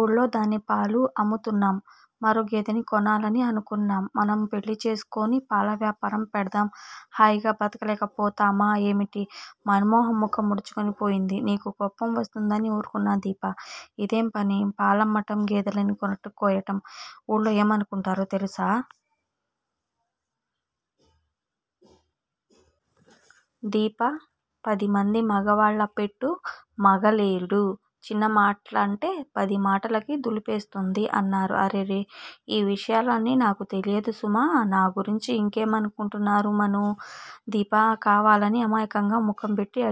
ఊళ్ళోదాని పాలు అమ్ముతున్నాం. మరో గేదెని కొనాలని అనుకుంటున్నాం, మనం పెళ్లిచేసుకుని పాల వ్యాపారం పెడదాం. హాయిగా బ్రతకలేక పోతామా ఏమిటి. మన్ మోహన్ ముఖం ముడుచుకు పోయింది. నీకు కోపం వస్తుందని ఊరుకున్నా దీపా! ఇదేంపని! పాలమ్మటం గేదెలని కోయటం ఊళ్ళో ఏమనుకుంటున్నారో తెలుసా. దీప పదిమంది మగవాళ్ళపెట్టు, మగాలేడు. చిన్న మాటలంటే పది మాటలని దులిపేస్తుంది అన్నారు. అరెరె, ఈ విషయాలన్నీ నాకు తెలియదు సుమా! నా గురించి ఇంకేమనుకుంటున్నారు మనూ? దీప కావాలని అమాయకంగా ముఖంపెట్టి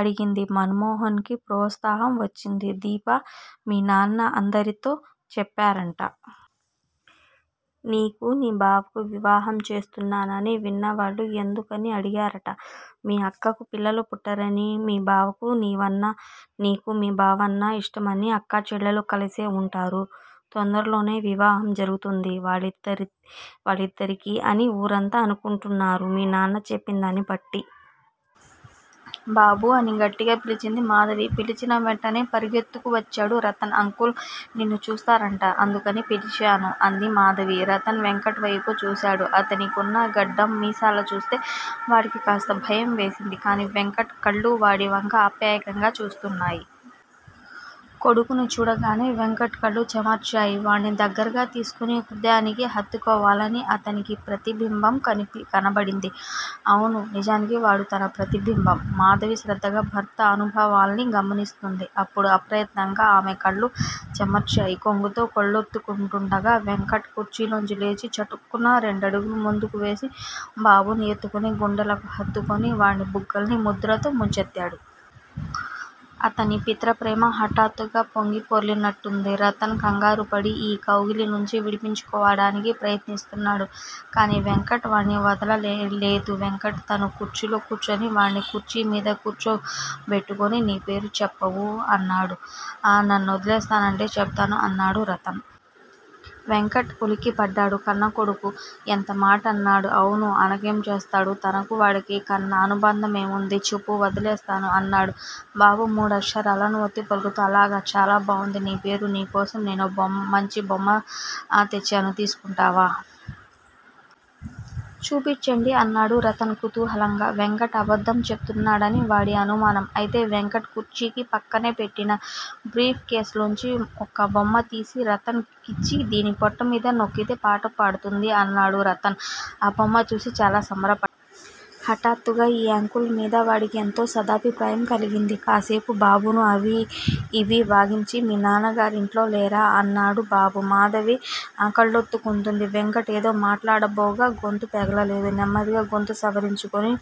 అడిగింది. మన్ మోహన్ కి ప్రోత్సాహం వచ్చింది. దీపా! మీనాన్న అందరితో చెప్పారంట. నీకు నీ బావకు వివాహం చేస్తున్నానని, విన్నవాళ్ళు ఎందుకని అడిగారట. మీ అక్కకు పిల్లలు పుట్టరని మీ బావకు నీవన్నా నీకు మీ బావన్నా ఇష్టం అని అక్కచెల్లెళ్ళు కలిసే ఉంటారు. తొందరలోనే వివాహం జరుగుతుంది వాళ్ళిద్దరికి అని ఊరంత అనుకుంటున్నారు మీ నాన్న చెప్పిందాన్నిబట్టి. బాబూ! అని గట్టిగా పిలిచింది. మాధవి. పిలిచినా వెంటనే పరుగెత్తుకువచ్చాడు రతన్. అంకుల్ నిన్ను చూస్తారట. అందుకని పిలిచాను అంది మాధవి. రతన్ వెంకట్ వైపు చూశాడు. అతనికున్న గెడ్డం, మీసాలు చూస్తె వాడికి కాస్త భయం వేసింది. కానీ వెంకట్ కళ్ళు వాడి వంక ఆప్యాయంగా చూస్తున్నాయి. కొడుకును చూడగానే వెంకట్ కళ్ళు చెమర్చాయి. వాణ్ణి దగ్గరగా తీసుకుని హృదయానికి హత్తుకోవాలని అతనికి ప్రతిబింబం కనబడింది. అవును _ నిజానికి వాడు తన ప్రతిబింబం! మాధవి శ్రద్దగా భర్త అనుభూతుల్ని గమనిస్తోంది. అప్పుడు అప్రయత్నంగా ఆమె కళ్ళు చెమర్చాయి. కొంగుతో కళ్ళోత్తుకుంటూండగా వెంకట్ కుర్చీలోంచి లేచి చటుక్కున రెండడుగులు ముందుకు వేసి బాబును ఎత్తుకుని గుండెలకు హత్తుకుని, వాడి బుగ్గల్ని ముద్దులతో ముంచెత్తాడు. అతడి పితృప్రేమ హఠాత్తుగా పొంగి పొరలినట్లుంది. రతన్ కంగారుపడి ఈ కౌగిలి నుండి విడిపించుకోవాలని ప్రయత్నిస్తున్నాడు. కానీ వెంకట్ వాణ్ణి వదలలేదు. వెంకట్ తను కుర్చీలో కూర్చుని, వాణ్ణి కుర్చీ మీద కూర్చోబెట్టుకుని _ నీ పేరు చెప్పవూ? అన్నాడు. నన్నోదిలేస్తానంటే చెబుతాను అన్నాడు రతన్. వెంకట్ ఉలిక్కిపడ్డాడు. 'కన్నకొడుకు ఎంత మాటన్నాడు? అవును _ అనకేం చేస్తాడు? తనకూ వాడికీ కన్న అనుబంధమేముంది? చెప్పు _ వదిలేస్తాను అన్నాడు బాబు మూడు అక్షరాలను ఒత్తిపలుకుతూ. అలాగా చాలా బాగుంది. నీ పేరు నీ కోసం నేనో మంచి బొమ్మ తెచ్చాను. తీసుకుంటావా? చూపించండి అన్నాడు రతన్ కూతుహాలంగా. వెంకట్ అబద్దం చేబుతున్నాడని వాడి అనుమానం. అయితే వెంకట్ కుర్చీకి పక్కనే పెట్టిన భ్రీఫ్ కేస్ లోంచి ఒక బొమ్మ తీసి రతన్ కిచ్చి దీని పొట్ట మీద నొక్కితే పాట పాడుతుంది. అన్నాడు. రతన్ ఆ బొమ్మ చూసి చాలా సంబరబ హఠాత్తుగా ఈ అంకుల్ మీద వాడికి ఎంతో సదభిప్రాయం కలిగింది. కాసేపు బాబును అవీ ఇవీ వాగిమ్చి, మీ నాన్నగారింట్లో లేరా? అన్నాడు బాబు. మాధవి కళ్ళోత్తుకుంది. వెంకట్ ఏదో మాట్లాడబోగా గొంతు పెగలలేదు. నెమ్మదిగా గొంతు సవరించుకుని,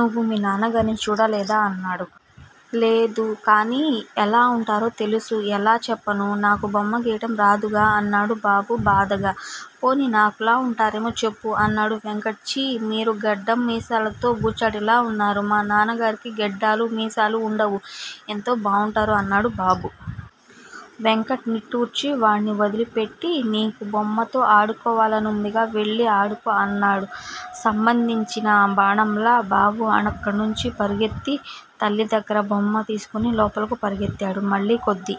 నువ్వు మీ నాన్నగార్ని చూడలేదా? అన్నాడు. లేదు. కానీ ఎలా వుంటారో తెలుసు. ఎలా చెప్పను నాకు బొమ్మ గీయడం రాదుగా? అన్నాడు బాబు బాధగా. పోనీ నాకులా ఉంటరేమో చెప్పు! అన్నాడు వెంకట్. ఛీ! మీరు గెడ్డం మీసాలతో బూచాడిలా వున్నారు. మా నాన్నగారికి గడ్డాలు, మీసాలూ వుండవు, ఎంతో బాగుంటారు అన్నాడు బాబు. వెంకట్ నిట్టూర్చి వాణ్ని వదిలిపేట్టి, నీకు బొమ్మతో ఆడుకోవాలనుందిగా _ వెళ్ళి ఆడుకో అన్నాడు. సంభందించిన బాణంలా బాబు అక్కణ్ణుంచి పరుగెత్తి తల్లి దగ్గర బొమ్మ అందుకుని లోపలకు పరుగెత్తాడు. మళ్ళీ కొద్ది